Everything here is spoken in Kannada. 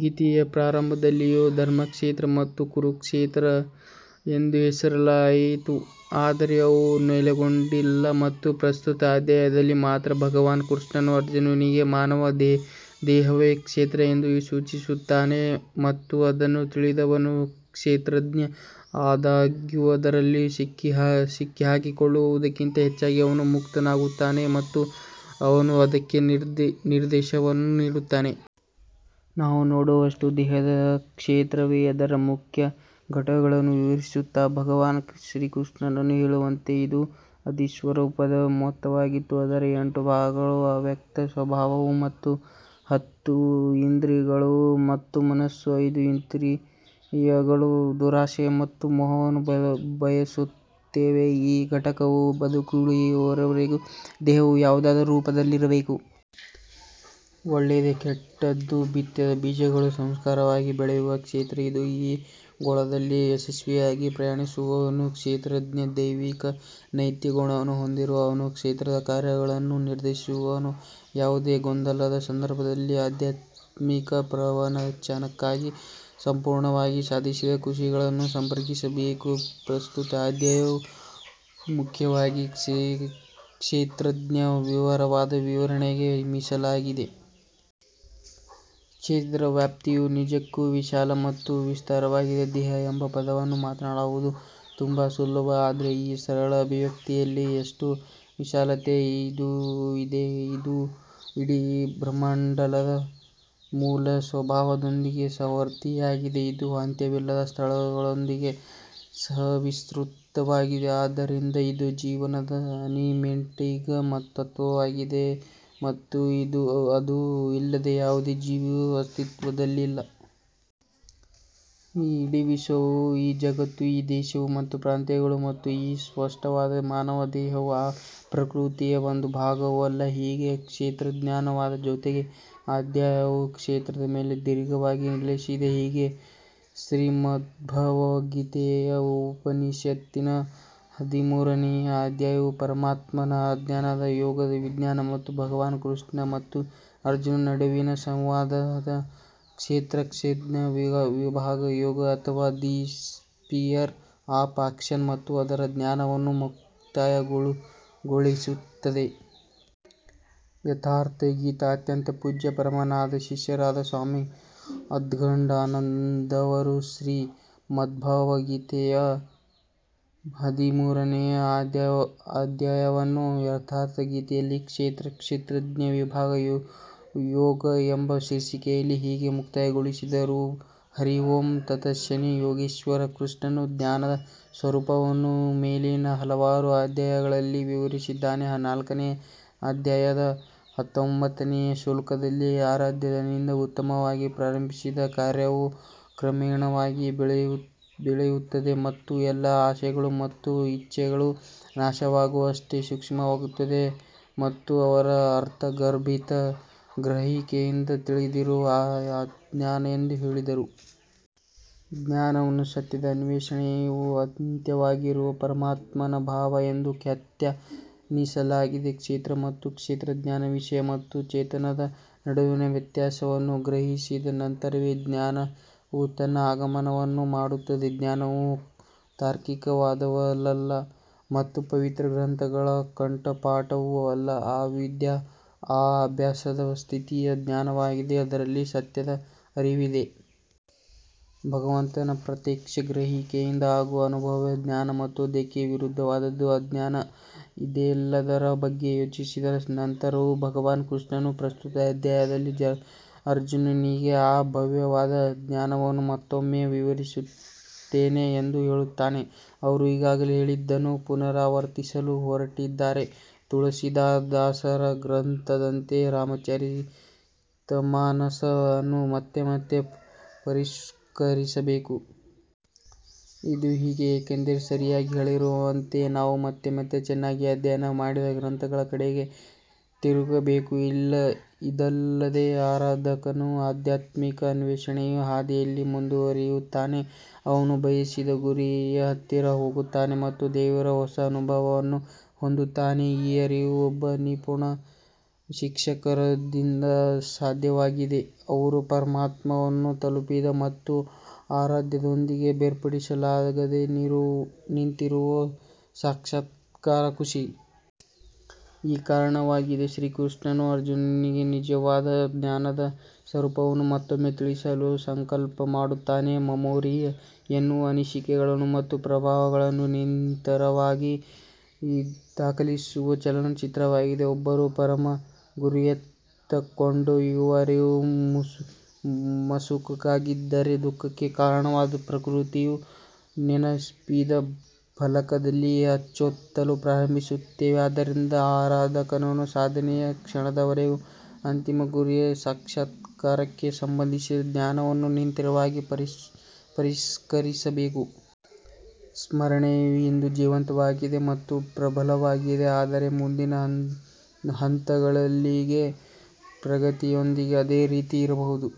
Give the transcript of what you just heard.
ಗೀತೆಯ ಪ್ರಾರಂಭದಲ್ಲಿಯೇ ಧರ್ಮಕ್ಷೇತ್ರ ಮತ್ತು ಕುರುಕ್ಷೇತ್ರ ಎಂದು ಹೆಸರಿಸಲಾಗಿತ್ತು ಆದರೆ ಅವು ನೆಲೆಗೊಂಡಿಲ್ಲ ಮತ್ತು ಪ್ರಸ್ತುತ ಅಧ್ಯಾಯದಲ್ಲಿ ಮಾತ್ರ ಭಗವಾನ್ ಕೃಷ್ಣನು ಅರ್ಜುನನಿಗೆ ಮಾನವ ದೇಹವೇ ಕ್ಷೇತ್ರ ಎಂದು ಸೂಚಿಸುತ್ತಾನೆ. ಮತ್ತು ಅದನ್ನು ತಿಳಿದವನು ಕ್ಷೇತ್ರಜ್ಞ. ಆದಾಗ್ಯೂ ಅದರಲ್ಲಿ ಸಿಕ್ಕಿಹಾಕಿಕೊಳ್ಳುವುದಕ್ಕಿಂತ ಹೆಚ್ಚಾಗಿ ಅವನು ಮುಕ್ತನಾಗುತ್ತಾನೆ ಮತ್ತು ಅವನು ಅದಕ್ಕೆ ನಿರ್ದೇಶನವನ್ನು ನೀಡುತ್ತಾನೆ. ನಾವು ನೋಡುವಷ್ಟು ದೇಹವು ಕ್ಷೇತ್ರವೇ. ಅದರ ಮುಖ್ಯ ಘಟಕಗಳನ್ನು ವಿವರಿಸುತ್ತಾ ಭಗವಾನ್ ಶ್ರೀಕೃಷ್ಣನು ಹೇಳುವಂತೆ ಇದು ಆದಿಸ್ವರೂಪದ ಮೊತ್ತವಾಗಿದ್ದು ಅದರ ಎಂಟು ಭಾಗಗಳು ಅವ್ಯಕ್ತ ಸ್ವಭಾವವು ಹತ್ತು ಇಂದ್ರಿಯಗಳು ಮತ್ತು ಮನಸ್ಸು ಐದು ಇಂದ್ರಿಯಗಳು ದುರಾಶೆ ಮತ್ತು ಮೋಹವನ್ನು ಬಯಸುತ್ತವೆ. ಈ ಘಟಕಗಳು ಬದುಕುಳಿಯುವವರೆಗೆ ದೇಹವು ಯಾವುದಾದರೂ ರೂಪದಲ್ಲಿರಬೇಕು. ಒಳ್ಳೆಯದೋ ಕೆಟ್ಟದ್ದೋ ಬಿತ್ತಿದ ಬೀಜಗಳು ಸಂಸ್ಕಾರವಾಗಿ ಬೆಳೆಯುವ ಕ್ಷೇತ್ರ ಇದು. ಈ ಗೋಳದಲ್ಲಿ ಯಶಸ್ವಿಯಾಗಿ ಪ್ರಯಾಣಿಸುವವನು ಕ್ಷೇತ್ರಜ್ಞ. ದೈವಿಕ ನೈತಿಕ ಗುಣವನ್ನು ಹೊಂದಿರುವ ಅವನು ಕ್ಷೇತ್ರದ ಕಾರ್ಯಗಳನ್ನು ನಿರ್ಧರಿಸುವವನು. ಯಾವುದೇ ಗೊಂದಲದ ಸಂದರ್ಭದಲ್ಲಿ ಆಧ್ಯಾತ್ಮಿಕ ಪ್ರವಚನಕ್ಕಾಗಿ ಸಂಪೂರ್ಣವಾಗಿ ಸಾಧಿಸಿದ ಋಷಿಗಳನ್ನು ಸಂಪರ್ಕಿಸಬೇಕು. ಪ್ರಸ್ತುತ ಅಧ್ಯಾಯವು ಮುಖ್ಯವಾಗಿ ಕ್ಷೇತ್ರಜ್ಞದ ವಿವರವಾದ ವಿವರಣೆಗೆ ಮೀಸಲಾಗಿದೆ. ಕ್ಷೇತ್ರದ ವ್ಯಾಪ್ತಿಯು ನಿಜಕ್ಕೂ ವಿಶಾಲ ಮತ್ತು ವಿಸ್ತಾರವಾಗಿದೆ. ದೇಹ ಎಂಬ ಪದವನ್ನು ಮಾತನಾಡುವುದು ತುಂಬಾ ಸುಲಭ ಆದರೆ ಈ ಸರಳ ಅಭಿವ್ಯಕ್ತಿಯಲ್ಲಿ ಎಷ್ಟು ವಿಶಾಲತೆ ಇದೆ. ಇದು ಇಡೀ ಬ್ರಹ್ಮಾಂಡದ ಮೂಲ ಸ್ವಭಾವದೊಂದಿಗೆ ಸಹವರ್ತಿಯಾಗಿದೆ. ಇದು ಅಂತ್ಯವಿಲ್ಲದ ಸ್ಥಳದೊಂದಿಗೆ ಸಹವಿಸ್ತೃತವಾಗಿದೆ. ಆದ್ದರಿಂದ ಇದು ಜೀವನದ ಅನಿಮೇಟಿಂಗ್ ತತ್ವವಾಗಿದೆ ಮತ್ತು ಅದು ಇಲ್ಲದೆ ಯಾವುದೇ ಜೀವಿ ಅಸ್ತಿತ್ವದಲ್ಲಿಲ್ಲ. ಈ ಇಡೀ ವಿಶ್ವವು ಈ ಜಗತ್ತು ಈ ದೇಶಗಳು ಮತ್ತು ಪ್ರಾಂತ್ಯಗಳು ಮತ್ತು ಈ ಸ್ಪಷ್ಟವಾದ ಮಾನವ ದೇಹವು ಆ ಪ್ರಕೃತಿಯ ಒಂದು ಭಾಗವೂ ಅಲ್ಲ. ಹೀಗೆ ಕ್ಷೇತ್ರಜ್ಞಾನದ ಜೊತೆಗೆ ಅಧ್ಯಾಯವು ಕ್ಷೇತ್ರದ ಮೇಲೆ ದೀರ್ಘವಾಗಿ ನೆಲೆಸಿದೆ. ಹೀಗೆ ಶ್ರೀಮದ್ಭಗವದ್ಗೀತೆಯ ಉಪನಿಷತ್ತಿನ ಹದಿಮೂರನೆಯ ಅಧ್ಯಾಯವು ಪರಮಾತ್ಮನ ಜ್ಞಾನದ ಯೋಗದ ವಿಜ್ಞಾನ ಮತ್ತು ಭಗವಾನ್ ಕೃಷ್ಣ ಮತ್ತು ಅರ್ಜುನನ ನಡುವಿನ ಸಂವಾದದ ಕ್ಷೇತ್ರ ಕ್ಷೇತ್ರಜ್ಞ ವಿಭಾಗ ಯೋಗ ಅಥವಾ ದಿ ಸ್ಪಿಯರ್ ಆಫ್ ಆಕ್ಷನ್ ಮತ್ತು ಅದರ ಜ್ಞಾನವನ್ನು ಮುಕ್ತಾಯಗೊಳಿಸುತ್ತದೆ. ಯಥಾರ್ಥ ಗೀತಾ ಅತ್ಯಂತ ಪೂಜ್ಯ ಪರಮಾನಂದರ ಶಿಷ್ಯರಾದ ಸ್ವಾಮಿ ಅದ್ಗಡಾನಂದರು ಶ್ರೀಮದ್ಭಗವದ್ಗೀತೆಯ ಹದಿಮೂರನೆಯ ಅಧ್ಯಾಯವನ್ನು ಯಥಾರ್ಥಗೀತೆಯಲ್ಲಿ ಕ್ಷೇತ್ರ ಕ್ಷೇತ್ರಜ್ಞ ವಿಭಾಗ ಯೋಗ ಎಂಬ ಶೀರ್ಷಿಕೆಯಲ್ಲಿ ಹೀಗೆ ಮುಕ್ತಾಯಗೊಳಿಸಿದರು. ಹರಿ ಓಂ ತತ್ ಶನಿ. ಯೋಗೇಶ್ವರ ಕೃಷ್ಣನು ಜ್ಞಾನದ ಸ್ವರೂಪವನ್ನು ಮೇಲಿನ ಹಲವಾರು ಅಧ್ಯಾಯಗಳಲ್ಲಿ ವಿವರಿಸಿದ್ದಾನೆ. ನಾಲ್ಕನೇ ಅಧ್ಯಾಯದ ಹತ್ತೊಂಬತ್ತನೇ ಶ್ಲೋಕದಲ್ಲಿ ಆರಾಧಕನಿಂದ ಉತ್ತಮವಾಗಿ ಪ್ರಾರಂಭಿಸಿದ ಕಾರ್ಯವು ಕ್ರಮೇಣವಾಗಿ ಬೆಳೆಯುತ್ತದೆ ಮತ್ತು ಎಲ್ಲಾ ಆಸೆಗಳು ಮತ್ತು ಇಚ್ಛೆಗಳು ನಾಶವಾಗುವಷ್ಟು ಸೂಕ್ಷ್ಮವಾಗುತ್ತದೆ ಮತ್ತು ಅವರು ಅರ್ಥಗರ್ಭಿತ ಗ್ರಹಿಕೆಯಿಂದ ತಿಳಿದಿರುವ ಜ್ಞಾನ ಎಂದು ಹೇಳಿದರು. ಜ್ಞಾನವನ್ನು ಸತ್ಯದ ಅನ್ವೇಷಣೆಯ ಅಂತ್ಯವಾಗಿರುವ ಪರಮಾತ್ಮನ ಭಾವ ಎಂದು ವ್ಯಾಖ್ಯಾನಿಸಲಾಗಿದೆ. ಕ್ಷೇತ್ರ ಮತ್ತು ಕ್ಷೇತ್ರಜ್ಞಾನ ವಿಷಯ ಮತ್ತು ಚೇತನದ ನಡುವಿನ ವ್ಯತ್ಯಾಸವನ್ನು ಗ್ರಹಿಸಿದ ನಂತರವೇ ಜ್ಞಾನವು ತನ್ನ ಆಗಮನವನ್ನು ಮಾಡುತ್ತದೆ. ಜ್ಞಾನವು ತಾರ್ಕಿಕ ವಾದವಲ್ಲ ಮತ್ತು ಪವಿತ್ರ ಗ್ರಂಥಗಳ ಕಂಠಪಾಠವೂ ಅಲ್ಲ. ಆ ಅಭ್ಯಾಸದ ಸ್ಥಿತಿಯು ಜ್ಞಾನವಾಗಿದೆ ಅದರಲ್ಲಿ ಸತ್ಯದ ಅರಿವಿದೆ. ಭಗವಂತನ ಪ್ರತ್ಯಕ್ಷ ಗ್ರಹಿಕೆಯಿಂದ ಆಗುವ ಅನುಭವವೇ ಜ್ಞಾನ ಮತ್ತು ಅದಕ್ಕೆ ವಿರುದ್ಧವಾದದ್ದು ಅಜ್ಞಾನ. ಇದೆಲ್ಲದರ ಬಗ್ಗೆ ಯೋಚಿಸಿದ ನಂತರವೂ ಭಗವಾನ್ ಕೃಷ್ಣನು ಪ್ರಸ್ತುತ ಅಧ್ಯಾಯದಲ್ಲಿ ಅರ್ಜುನನಿಗೆ ಆ ಭವ್ಯವಾದ ಜ್ಞಾನವನ್ನು ಮತ್ತೊಮ್ಮೆ ವಿವರಿಸುತ್ತೇನೆ ಎಂದು ಹೇಳುತ್ತಾನೆ. ಅವರು ಈಗಾಗಲೇ ಹೇಳಿದ್ದನ್ನು ಪುನರಾವರ್ತಿಸಲು ಹೊರಟಿದ್ದಾರೆ. ತುಳಸೀದಾಸರ ಗ್ರಂಥದಂತೆ ರಾಮಚರಿತಮಾನಸ್ ಅನ್ನು ಮತ್ತೆ ಮತ್ತೆ ಪರಿಷ್ಕರಿಸಬೇಕು. ಇದು ಹೀಗಿದೆ ಏಕೆಂದರೆ ಸರಿಯಾಗಿ ಹೇಳಿರುವಂತೆ ನಾವು ಮತ್ತೆ ಮತ್ತೆ ಚೆನ್ನಾಗಿ ಅಧ್ಯಯನ ಮಾಡಿದ ಗ್ರಂಥಗಳ ಕಡೆಗೆ ತಿರುಗಬೇಕು. ಇದಲ್ಲದೆ ಆರಾಧಕನು ಆಧ್ಯಾತ್ಮಿಕ ಅನ್ವೇಷಣೆಯ ಹಾದಿಯಲ್ಲಿ ಮುಂದುವರಿಯುತ್ತಾನೆ ಅವನು ಬಯಸಿದ ಗುರಿಯ ಹತ್ತಿರ ಹೋಗುತ್ತಾನೆ ಮತ್ತು ದೇವರ ಹೊಸ ಅನುಭವಗಳನ್ನು ಹೊಂದುತ್ತಾನೆ. ಈ ಅರಿವು ಒಬ್ಬ ನಿಪುಣ ಶಿಕ್ಷಕರಿಂದ ಸಾಧ್ಯವಾಗಿದೆ ಅವರು ಪರಮಾತ್ಮನನ್ನು ತಲುಪಿದ ಮತ್ತು ಆರಾಧಕರೊಂದಿಗೆ ಬೇರ್ಪಡಿಸಲಾಗದೆ ನಿಂತಿರುವ ಸಾಕ್ಷಾತ್ಕಾರ ಋಷಿ. ಈ ಕಾರಣಕ್ಕಾಗಿಯೇ ಶ್ರೀಕೃಷ್ಣನು ಅರ್ಜುನನಿಗೆ ನಿಜವಾದ ಜ್ಞಾನದ ಸ್ವರೂಪವನ್ನು ಮತ್ತೊಮ್ಮೆ ತಿಳಿಸಲು ಸಂಕಲ್ಪ ಮಾಡುತ್ತಾನೆ. ಮೆಮೊರಿ ಎನ್ನುವುದು ಅನಿಸಿಕೆಗಳು ಮತ್ತು ಪ್ರಭಾವಗಳನ್ನು ನಿರಂತರವಾಗಿ ದಾಖಲಿಸುವ ಚಲನಚಿತ್ರವಾಗಿದೆ. ಒಬ್ಬನನ್ನು ಪರಮ ಗುರಿಯತ್ತ ಕೊಂಡೊಯ್ಯುವ ಅರಿವು ಮಸುಕಾಗಿದ್ದರೆ ದುಃಖಕ್ಕೆ ಕಾರಣವಾದ ಪ್ರಕೃತಿಯು ನೆನಪಿನ ಫಲಕದಲ್ಲಿ ಅಚ್ಚೊತ್ತಲು ಪ್ರಾರಂಭಿಸುತ್ತದೆ. ಆದ್ದರಿಂದ ಆರಾಧಕನು ಸಾಧನೆಯ ಕ್ಷಣದವರೆಗೂ ಅಂತಿಮ ಗುರಿಯ ಸಾಕ್ಷಾತ್ಕಾರಕ್ಕೆ ಸಂಬಂಧಿಸಿದ ಜ್ಞಾನವನ್ನು ನಿರಂತರವಾಗಿ ಪರಿಷ್ಕರಿಸಬೇಕು. ಸ್ಮರಣೆಯು ಇಂದು ಜೀವಂತವಾಗಿದೆ ಮತ್ತು ಪ್ರಬಲವಾಗಿದೆ ಆದರೆ ಮುಂದಿನ ಹಂತಗಳಿಗೆ ಪ್ರಗತಿಯೊಂದಿಗೆ ಅದೇ ರೀತಿ ಇರಬಹುದು.